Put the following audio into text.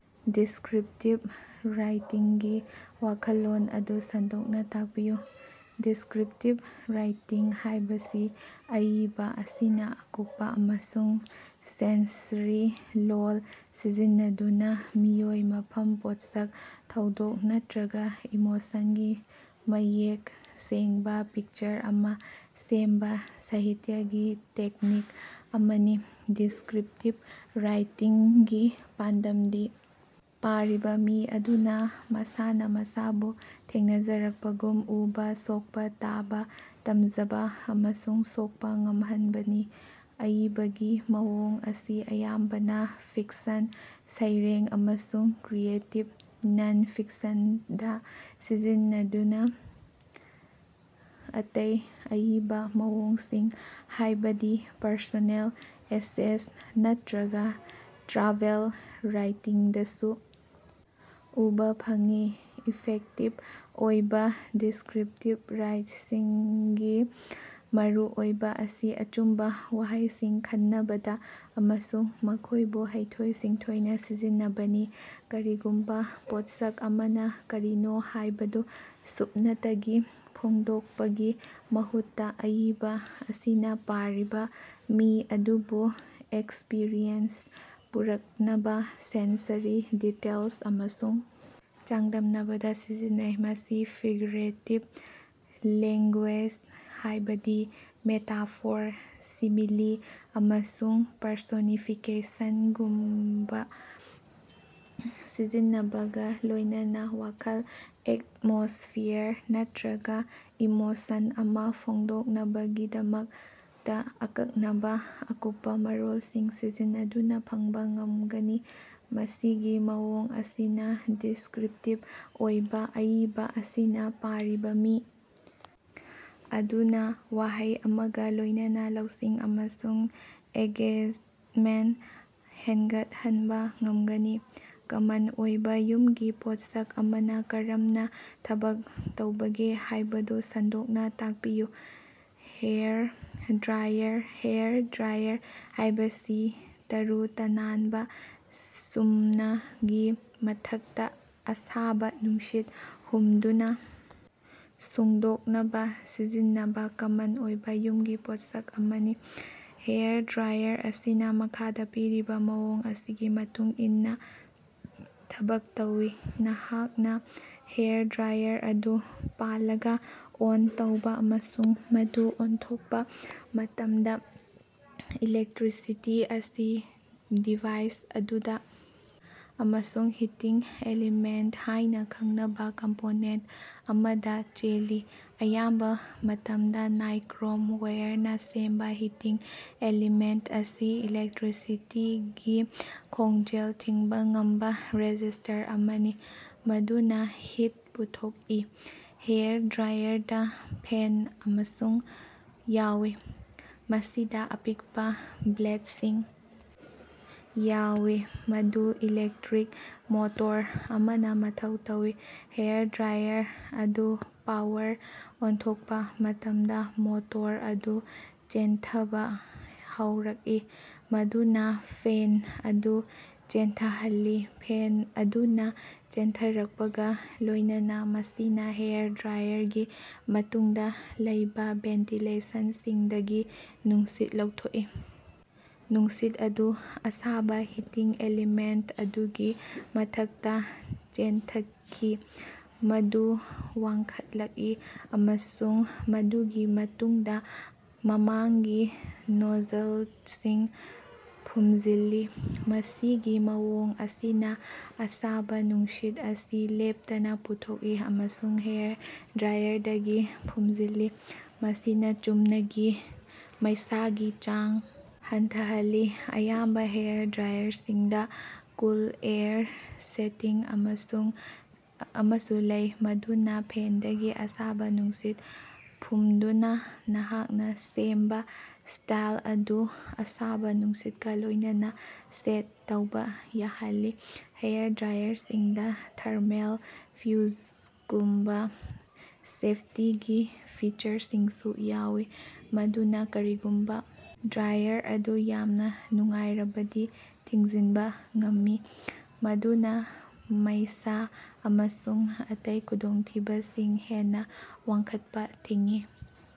Descriptive ꯔꯥꯏꯇꯤꯡꯒꯤ ꯋꯥꯈꯜꯂꯣꯟ ꯑꯗꯨ ꯁꯟꯗꯣꯛꯅ ꯇꯥꯛꯄꯤꯌꯨ꯫ ꯗꯤꯁꯀ꯭ꯔꯤꯞꯇꯤꯚ ꯔꯥꯏꯇꯤꯡ ꯍꯥꯏꯕꯁꯤ ꯑꯏꯕ ꯑꯁꯤꯅ ꯑꯀꯨꯞꯄ ꯑꯃꯁꯨꯡ ꯁꯦꯟꯁꯔꯤ ꯂꯣꯜ ꯁꯤꯖꯤꯟꯅꯗꯨꯅ ꯃꯤꯑꯣꯏ, ꯃꯐꯝ, ꯄꯣꯠꯁꯛ, ꯊꯧꯗꯣꯛ ꯅꯠꯇ꯭ꯔꯒ ꯏꯃꯣꯁꯟꯒꯤ ꯃꯌꯦꯛ ꯁꯦꯡꯕ ꯄꯤꯛꯆꯔ ꯑꯃ ꯁꯦꯝꯕ ꯁꯥꯍꯤꯇ꯭ꯌꯒꯤ ꯇꯦꯛꯅꯤꯛ ꯑꯃꯅꯤ꯫ ꯗꯤꯁꯀ꯭ꯔꯤꯞꯇꯤꯚ ꯔꯥꯏꯇꯤꯡꯒꯤ ꯄꯥꯟꯗꯝꯗꯤ ꯄꯥꯔꯤꯕ ꯃꯤ ꯑꯗꯨꯅ ꯃꯁꯥꯅ ꯃꯁꯥꯕꯨ ꯊꯦꯡꯅꯖꯔꯛꯄꯒꯨꯝ ꯎꯕ, ꯁꯣꯛꯄ, ꯇꯥꯕ, ꯇꯝꯖꯕ ꯑꯃꯁꯨꯡ ꯁꯣꯛꯄ ꯉꯝꯍꯟꯕꯅꯤ꯫ ꯑꯏꯕꯒꯤ ꯃꯑꯣꯡ ꯑꯁꯤ ꯑꯌꯥꯝꯕꯅ ꯐꯤꯛꯁꯟ, ꯁꯩꯔꯦꯡ ꯑꯃꯁꯨꯡ ꯀ꯭ꯔꯤꯌꯦꯇꯤꯚ ꯅꯟ-ꯐꯤꯛꯁꯟꯗ ꯁꯤꯖꯤꯟꯅꯗꯨꯅ ꯑꯇꯩ ꯑꯏꯕ ꯃꯑꯣꯡꯁꯤꯡ ꯍꯥꯏꯕꯗꯤ ꯄꯔꯁꯣꯅꯦꯜ ꯑꯦꯁꯦꯁ ꯅꯠꯇ꯭ꯔꯒ ꯇ꯭ꯔꯥꯚꯦꯜ ꯔꯥꯏꯇꯤꯡꯗꯁꯨ ꯎꯕ ꯐꯪꯏ꯫ ꯏꯐꯦꯛꯇꯤꯚ ꯑꯣꯏꯕ ꯗꯤꯁꯀ꯭ꯔꯤꯞꯇꯤꯚ ꯔꯥꯏꯇꯤꯡꯒꯤ ꯃꯔꯨꯑꯣꯏꯕ ꯑꯁꯤ ꯑꯆꯨꯝꯕ ꯋꯥꯍꯩꯁꯤꯡ ꯈꯟꯅꯕꯗ ꯑꯃꯁꯨꯡ ꯃꯈꯣꯏꯕꯨ ꯍꯩꯊꯣꯏ-ꯁꯤꯡꯊꯣꯏꯅ ꯁꯤꯖꯤꯟꯅꯕꯅꯤ꯫ ꯀꯔꯤꯒꯨꯝꯕ ꯄꯣꯠꯁꯛ ꯑꯃꯅ ꯀꯔꯤꯅꯣ ꯍꯥꯏꯕꯗꯨ ꯁꯨꯞꯅꯇꯒꯤ ꯐꯣꯡꯗꯣꯛꯄꯒꯤ ꯃꯍꯨꯠꯇ ꯑꯏꯕ ꯑꯁꯤꯅ ꯄꯥꯔꯤꯕ ꯃꯤ ꯑꯗꯨꯕꯨ ꯑꯦꯛꯁꯄꯤꯔꯤꯌꯦꯟꯁꯇ ꯄꯨꯔꯛꯅꯕ ꯁꯦꯟꯁꯔꯤ ꯗꯤꯇꯦꯜꯁ ꯑꯃꯁꯨꯡ ꯆꯥꯡꯗꯝꯅꯕꯗ ꯁꯤꯖꯤꯟꯅꯩ꯫ ꯃꯁꯤ ꯐꯤꯒꯔꯦꯇꯤꯚ ꯂꯦꯡꯒꯨꯌꯦꯖ, ꯍꯥꯏꯕꯗꯤ ꯃꯦꯇꯥꯐꯣꯔ, ꯁꯤꯃꯤꯂꯤ ꯑꯃꯁꯨꯡ ꯄꯔꯁꯣꯅꯤꯐꯤꯀꯦꯁꯟꯉꯨꯝꯕ ꯁꯤꯖꯤꯟꯅꯕꯒ ꯂꯣꯏꯅꯅ ꯋꯥꯈꯜ, ꯑꯦꯠꯃꯣꯁ꯭ꯐꯤꯌꯔ ꯅꯠꯇ꯭ꯔꯒ ꯏꯃꯣꯁꯟ ꯑꯃ ꯐꯣꯡꯗꯣꯛꯅꯕꯒꯤꯗꯃꯛꯇ ꯑꯀꯛꯅꯕ ꯑꯀꯨꯞꯄ ꯃꯔꯣꯜꯁꯤꯡ ꯁꯤꯖꯤꯟꯅꯗꯨꯅ ꯐꯪꯕ ꯉꯝꯒꯅꯤ꯫ ꯃꯁꯤꯒꯤ ꯃꯑꯣꯡ ꯑꯁꯤꯅ ꯗꯤꯁꯀ꯭ꯔꯤꯞꯇꯤꯚ ꯑꯣꯏꯕ ꯑꯏꯕ ꯑꯁꯤꯅ ꯄꯥꯔꯤꯕ ꯃꯤ ꯑꯗꯨꯅ ꯋꯥꯍꯩ ꯑꯃꯒ ꯂꯣꯏꯅꯅ ꯂꯧꯁꯤꯡ ꯑꯃꯁꯨꯡ ꯑꯦꯟꯒꯦꯖꯃꯦꯟꯠ ꯍꯦꯟꯒꯠꯍꯟꯕ ꯉꯝꯒꯅꯤ꯫ ꯀꯃꯟ ꯑꯣꯏꯕ ꯌꯨꯝꯒꯤ ꯄꯣꯠꯁꯛ ꯑꯃꯅ ꯀꯔꯝꯅ ꯊꯕꯛ ꯇꯧꯕꯒꯦ ꯍꯥꯏꯕꯗꯨ ꯁꯟꯗꯣꯛꯅ ꯇꯥꯛꯄꯤꯌꯨ꯫ ꯍꯦꯌꯔ ꯗ꯭ꯔꯥꯏꯌꯔ: ꯍꯦꯌꯔ ꯗ꯭ꯔꯥꯏꯌꯔ ꯍꯥꯏꯕꯁꯤ ꯇꯔꯨ ꯇꯅꯥꯟꯕ ꯆꯨꯝꯅ ꯒꯤ ꯃꯊꯛꯇ ꯑꯁꯥꯕ ꯅꯨꯡꯁꯤꯠ ꯍꯨꯝꯗꯨꯅ ꯁꯨꯡꯗꯣꯛꯅꯕ ꯁꯤꯖꯤꯟꯅꯕ ꯀꯃꯟ ꯑꯣꯏꯕ ꯌꯨꯝꯒꯤ ꯄꯣꯠꯁꯛ ꯑꯃꯅꯤ꯫ ꯍꯦꯌꯔ ꯗ꯭ꯔꯥꯏꯌꯔ ꯑꯁꯤꯅ ꯃꯈꯥꯗ ꯄꯤꯔꯤꯕ ꯃꯑꯣꯡ ꯑꯁꯤꯒꯤ ꯃꯇꯨꯡ ꯏꯟꯅ ꯊꯕꯛ ꯇꯧꯏ꯫ ꯅꯍꯥꯛꯅ ꯍꯦꯌꯔ ꯗ꯭ꯔꯥꯏꯌꯔ ꯑꯗꯨ ꯄꯥꯜꯂꯒ ꯑꯣꯟ ꯇꯧꯕ ꯑꯃꯁꯨꯡ ꯃꯗꯨ ꯑꯣꯟꯊꯣꯛꯄ ꯃꯇꯝꯗ ꯏꯂꯦꯛꯇ꯭ꯔꯤꯁꯤꯇꯤ ꯑꯁꯤ ꯗꯤꯚꯥꯏꯁ ꯑꯗꯨꯗ ꯑꯃꯁꯨꯡ ꯍꯤꯇꯤꯡ ꯑꯦꯂꯤꯃꯦꯟꯇ ꯍꯥꯏꯅ ꯈꯪꯅꯕ ꯀꯝꯄꯣꯅꯦꯟꯇ ꯑꯃꯗ ꯆꯦꯜꯂꯤ꯫ ꯑꯌꯥꯝꯕ ꯃꯇꯝꯗ ꯅꯥꯏꯀ꯭ꯔꯣꯝ ꯋꯥꯌꯔꯅ ꯁꯦꯝꯕ ꯍꯤꯇꯤꯡ ꯑꯦꯂꯤꯃꯦꯟꯇ ꯑꯁꯤ ꯏꯂꯦꯛꯇ꯭ꯔꯤꯁꯤꯇꯤꯒꯤ ꯈꯣꯡꯖꯦꯜ ꯊꯤꯡꯕ ꯉꯝꯕ ꯔꯦꯖꯤꯁ꯭ꯇꯔ ꯑꯃꯅꯤ꯫ ꯃꯗꯨꯅ ꯍꯤꯠ ꯄꯨꯊꯣꯛꯏ꯫ ꯍꯦꯌꯔ ꯗ꯭ꯔꯥꯏꯌꯔꯗ ꯐꯦꯟ ꯑꯃꯁꯨꯡ ꯌꯥꯎꯏ꯫ ꯃꯁꯤꯗ ꯑꯄꯤꯛꯄ ꯕ꯭ꯂꯦꯗꯁꯤꯡ ꯌꯥꯎꯏ꯫ ꯃꯗꯨ ꯏꯂꯦꯛꯇ꯭ꯔꯤꯛ ꯃꯣꯇꯣꯔ ꯑꯃꯅ ꯃꯊꯧ ꯇꯧꯏ꯫ ꯍꯦꯌꯔ ꯗ꯭ꯔꯥꯏꯌꯔ ꯑꯗꯨ ꯄꯥꯋꯔ ꯑꯣꯟꯊꯣꯛꯄ ꯃꯇꯝꯗ ꯃꯣꯇꯣꯔ ꯑꯗꯨ ꯆꯦꯟꯊꯕ ꯍꯧꯔꯛꯏ, ꯃꯗꯨꯅ ꯐꯦꯟ ꯑꯗꯨ ꯆꯦꯟꯊꯍꯜꯂꯤ꯫ ꯐꯦꯟ ꯑꯗꯨꯅ ꯆꯦꯟꯊꯔꯛꯄꯒ ꯂꯣꯏꯅꯅ ꯃꯁꯤꯅ ꯍꯦꯌꯔ ꯗ꯭ꯔꯥꯏꯌꯔꯒꯤ ꯃꯇꯨꯡꯗ ꯂꯩꯕ ꯚꯦꯟꯇꯤꯂꯦꯁꯟꯁꯤꯡꯗꯒꯤ ꯅꯨꯡꯁꯤꯠ ꯂꯧꯊꯣꯛꯏ꯫ ꯅꯨꯡꯁꯤꯠ ꯑꯗꯨ ꯑꯁꯥꯕ ꯍꯤꯇꯤꯡ ꯑꯦꯂꯤꯃꯦꯟꯠ ꯑꯗꯨꯒꯤ ꯃꯊꯛꯇ ꯆꯦꯟꯊꯈꯤ꯫ ꯃꯗꯨ ꯋꯥꯡꯈꯠꯂꯛꯏ ꯑꯃꯁꯨꯡ ꯃꯗꯨꯒꯤ ꯃꯇꯨꯡꯗ ꯃꯃꯥꯡꯒꯤ ꯅꯣꯖꯜꯗꯁꯤꯡ ꯐꯨꯝꯖꯤꯜꯂꯤ꯫ ꯃꯁꯤꯒꯤ ꯃꯑꯣꯡ ꯑꯁꯤꯅ ꯑꯁꯥꯕ ꯅꯨꯡꯁꯤꯠ ꯑꯁꯤ ꯂꯦꯞꯇꯅ ꯄꯨꯊꯣꯛꯏ ꯑꯃꯁꯨꯡ ꯍꯦꯌꯔ ꯗ꯭ꯔꯥꯏꯌꯔꯗꯒꯤ ꯐꯨꯝꯖꯤꯜꯂꯤ ꯃꯁꯤꯅ ꯆꯨꯝꯅ ꯒꯤ ꯃꯩꯁꯥꯒꯤ ꯆꯥꯡ ꯍꯟꯊꯍꯜꯂꯤ꯫ ꯑꯌꯥꯝꯕ ꯍꯦꯌꯔ ꯗ꯭ꯔꯥꯏꯌꯔꯁꯤꯡꯗ ꯀꯨꯜ ꯑꯦꯌꯔ ꯁꯦꯇꯤꯡ ꯑꯃꯁꯨꯡ ꯑꯃꯁꯨ ꯂꯩ ꯃꯗꯨꯅ ꯐꯦꯟꯗꯒꯤ ꯑꯁꯥꯕ ꯅꯨꯡꯁꯤꯠ ꯐꯨꯝꯗꯨꯅ ꯅꯍꯥꯛꯅ ꯁꯦꯝꯕ ꯁ꯭ꯇꯥꯏꯜ ꯑꯗꯨ ꯑꯁꯥꯕ ꯅꯨꯡꯁꯤꯠꯀ ꯂꯣꯏꯅꯅ ꯁꯦꯠ ꯇꯧꯕ ꯌꯥꯍꯜꯂꯤ꯫ ꯍꯦꯌꯔ ꯗ꯭ꯔꯥꯏꯌꯔꯁꯤꯡꯗ ꯊꯔꯃꯦꯜ ꯐ꯭ꯌꯨꯖꯒꯨꯝꯕ ꯁꯦꯐꯇꯤꯒꯤ ꯐꯤꯆꯔꯁꯤꯡꯁꯨ ꯌꯥꯎꯏ ꯃꯗꯨꯅ ꯀꯔꯤꯒꯨꯝꯕ ꯗ꯭ꯔꯥꯏꯌꯔ ꯑꯗꯨ ꯌꯥꯝꯅ ꯅꯨꯡꯉꯥꯏꯔꯕꯗꯤ ꯊꯤꯡꯖꯤꯟꯕ ꯉꯝꯃꯤ꯫ ꯃꯗꯨꯅ ꯃꯩꯁ ꯑꯃꯁꯨꯡ ꯑꯇꯩ ꯈꯨꯗꯣꯡꯊꯤꯕꯁꯤꯡ ꯍꯦꯟꯅ ꯋꯥꯡꯈꯠꯄ ꯊꯤꯡꯏ꯫